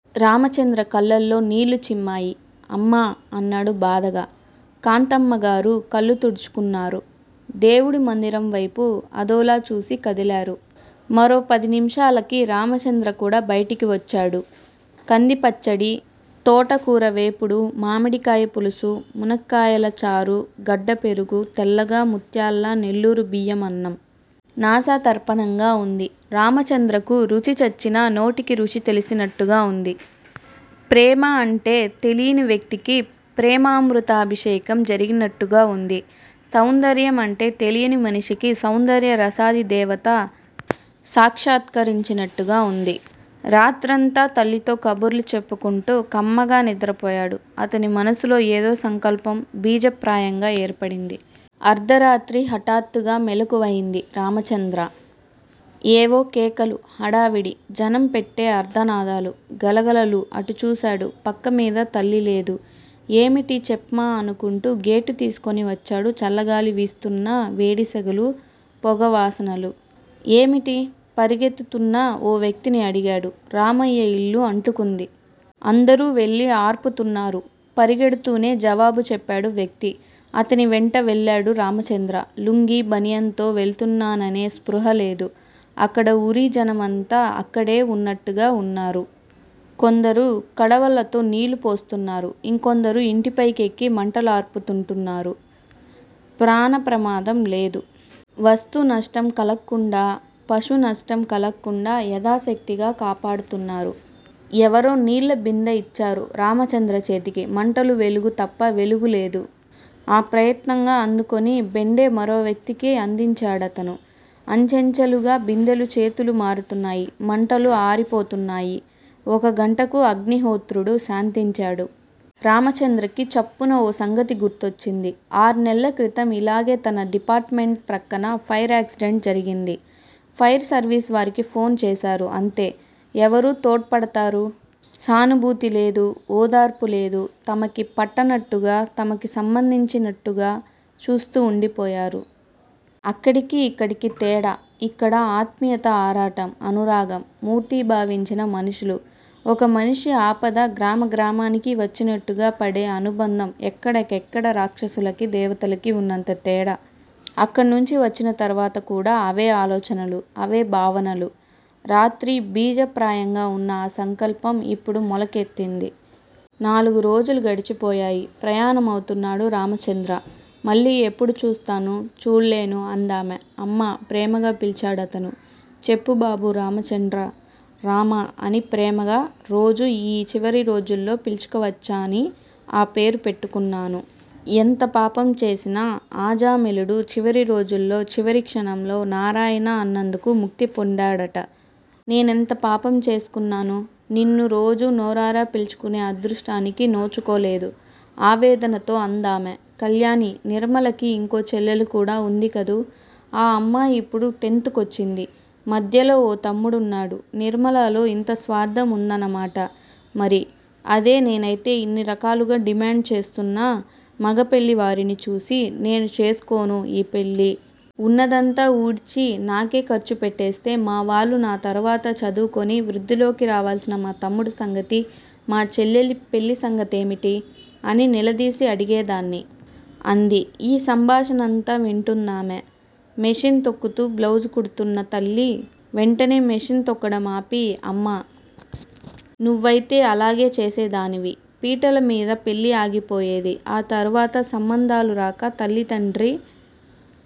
రామచంద్ర కళ్ళలో నీళ్ళు చిమ్మేయి. అమ్మా అన్నాడు బాధగా. కాంతమ్మగారూ కళ్ళు తుడుచుకున్నారు. దేవుడి మందిరం వైపు అదోలా చూసి కదిలారు. మరో పది నిమిషాలకి రామచంద్ర కూడా బయటికి వొచ్చాడు. కందిపచ్చడి, తోటకూర వేపుడు మామిడికాయ పులుసు మునక్కాయల చారు గడ్డ పెరుగు-తెల్లగా ముత్యాల్లా నెల్లూరు బియ్యమన్నం. నాసా తర్పణంగా వుంది. రామచంద్రకు రుచి చచ్చిన నోటికి రుచి తెలిసినట్టుగా వుంది. ప్రేమ అంటే తెలీని వ్యక్తికీ ప్రేమమృతాభిషేకం జరిగినట్టుగా వుంది సౌందర్యం అంటే తెలియని మనిషికి సౌందర్య రసాదిదేవత సాక్షత్కారించినట్టుగా వుంది. రాత్రంతా తల్లితో కబుర్లు చెప్పుకుంటూ కమ్మగా నిద్రపోయాడు. అతని మనస్సులో ఏదో సంకల్పం బీజప్రాయంగా ఏర్పడింది. అర్ధరాత్రి! హటాత్తుగా మెళుకువవైంది రామచంద్ర. ఏవో కేకలు! హడావుడి! జనం పెట్టె ఆర్తనాదాలు! గలగలలు. అటూ చూశాడు పక్క మీద తల్లిలేదు. ఏమిటి చెప్మా అనుకుంటూ గేటు తీసుకుని వచ్చాడు చల్లగాలి విస్తున్నా వేడి సెగలు -పొగవాసనలు. ఏమిటి? పరుగెత్తుతున్న ఓ వ్యక్తిని అడిగాడు. రామయ్య ఇల్లు అంటుకోంది. అందరూ వెళ్ళి అర్పుతున్నారు. పరిగెడుతూనే జవాబు చెప్పాడా వ్యక్తి. అతని వెంటే వెళ్ళాడు రామచంద్ర. లుంగీ, బనియన్ తో వెళుతున్నాననే స్పృహ లేదు. అక్కడా ఉరిజనమంతా అక్కడే ఉన్నట్టుగా వున్నారు. కొందరు కడవలతో నీళ్ళు పోస్తున్నారు. ఇంకొందరు ఇంటిపైకి ఎక్కి మంటలార్పుటున్నారు. ప్రాణ ప్రమాదం లేదు. వస్తు నష్టం కలక్కుండా పశు నష్టం కలక్కుండా యదాశక్తిగా కాపాడుతున్నారు. ఎవరో నిళ్ళ బిందె ఇచ్చారు. రామచంద్ర చేతికి! మంటల వెలుగు తప్ప వెలుగులేదు. ఆ ప్రయత్నంగా అందుకుని బెండె మరోవ్యక్తికి అందించాడతను. అంచెలంచెలుగా బిందెలు చేతులు మారుతున్నాయి. మంటలు అరిపోతున్నాయి. ఒక గంటకు అగ్ని హొత్రుడు శాంతించాడు. రామచంద్రకి చప్పున ఓ సంగతి గుర్తొచ్చింది. ఆర్నెల్ల క్రితం ఇలాగే తన డిపార్ట్ మెంట్ ప్రక్కన ఫైర్ యాక్సిడెంట్ జరిగింది. ఫైర్ సర్విస్ వారికి ఫోన్ చేశారు. అంతే! ఎవరు తోడ్పడతారు? సానుభూతి లేదు. ఓదార్పు లేదు. తమకి పట్టనట్టుగా తమకి సంబంధించనట్టుగా చూస్తూ ఉండిపోయారు. అక్కడికి యిక్కడికి తేడా? ఇక్కడ ఆత్మీయత ఆరాటం, అనురాగం మూర్తిభావించిన మనుషులు, ఒక మనిషి ఆపద గ్రామ గ్రామానికి వచ్చినట్టుగా పడే అనుబంధం ఎక్కడి కెక్కడ రాక్షసులకి దేవతలకి ఉన్నంత తేడా. అక్కడ నుంచి వచ్చిన తర్వాత కూడా అవే ఆలోచనలు! అవే భావనలు రాత్రి బీజప్రాయంగా వున్న ఆ సంకల్పం యిప్పుడు మొలకెత్తింది. నాలుగు రోజులు గడిచిపోయాయి. ప్రయాణమవుతున్నాడు రామచంద్ర. మళ్ళీ ఎప్పుడు చూస్తాను- చూళ్ళేను అందామె. అమ్మా! ప్రేమగా పిలిచాడతను. చెప్పుబాబూ! రామచండ్రా! 'రామా' అని ప్రేమగా రోజు యీ చివరి రోజుల్లో పిలుచుకొవచ్చని ఆ పేరు పెట్టుకున్నాను. ఎంత పాపం చేసినా ఆజామిళుడు చివరి రోజుల్లో చివరి క్షణంలో నారాయణ అన్నందుకు ముక్తి పొందాడట! నేనెంత పాపం చేసుకున్నాను. నిన్ను రోజు నోరారా పిలుచుకునే అదృష్టానికి నోచుకోలేదు ఆవేదనతో అందామె. కళ్యాణీ! నిర్మలకి ఇంకో చెల్లెలు కూడా వుందికదూ? ఆ! ఆ అమ్మాయి ఇప్పుడు టెన్త్ కొచ్చింది. మధ్యలో ఒక తమ్ముడున్నాడు. నిర్మలలో ఇంత స్వార్ధం వుందన్నమాట! మరి? అదే నేనైతే ఇన్ని రకాలుగా డిమాండు చేస్తున్న మగపెళ్ళివారిని చూసి 'నేను చేసుకోను' ఈ పెళ్ళి. ఉన్నదంతా ఊడ్చి నాకే ఖర్చు పెట్టేస్తే మావాళ్ళు నా తరువాత, చదువుకుని వృద్ధిలోకి రావలసిన మా తమ్ముడి సంగతి, మా చెల్లెలి పెళ్ళి సంగతేమిటి? అని నిలదీసి అడిగేదాన్ని. అంది. ఈ సంభాషణంతా వింటోందేమో, మెషీన్ తొక్కుతూ బ్లౌజు కుడుతున్న తల్లి, వెంటనే మెషీన్ తొక్కడం ఆపి, అమ్మా! నువ్వైతే అలాగే చేసేదానివి. పీటలమీద పెళ్ళి ఆగిపోయేది. ఆ తరువాత సంబంధాలు రాక, తల్లీ తండ్రి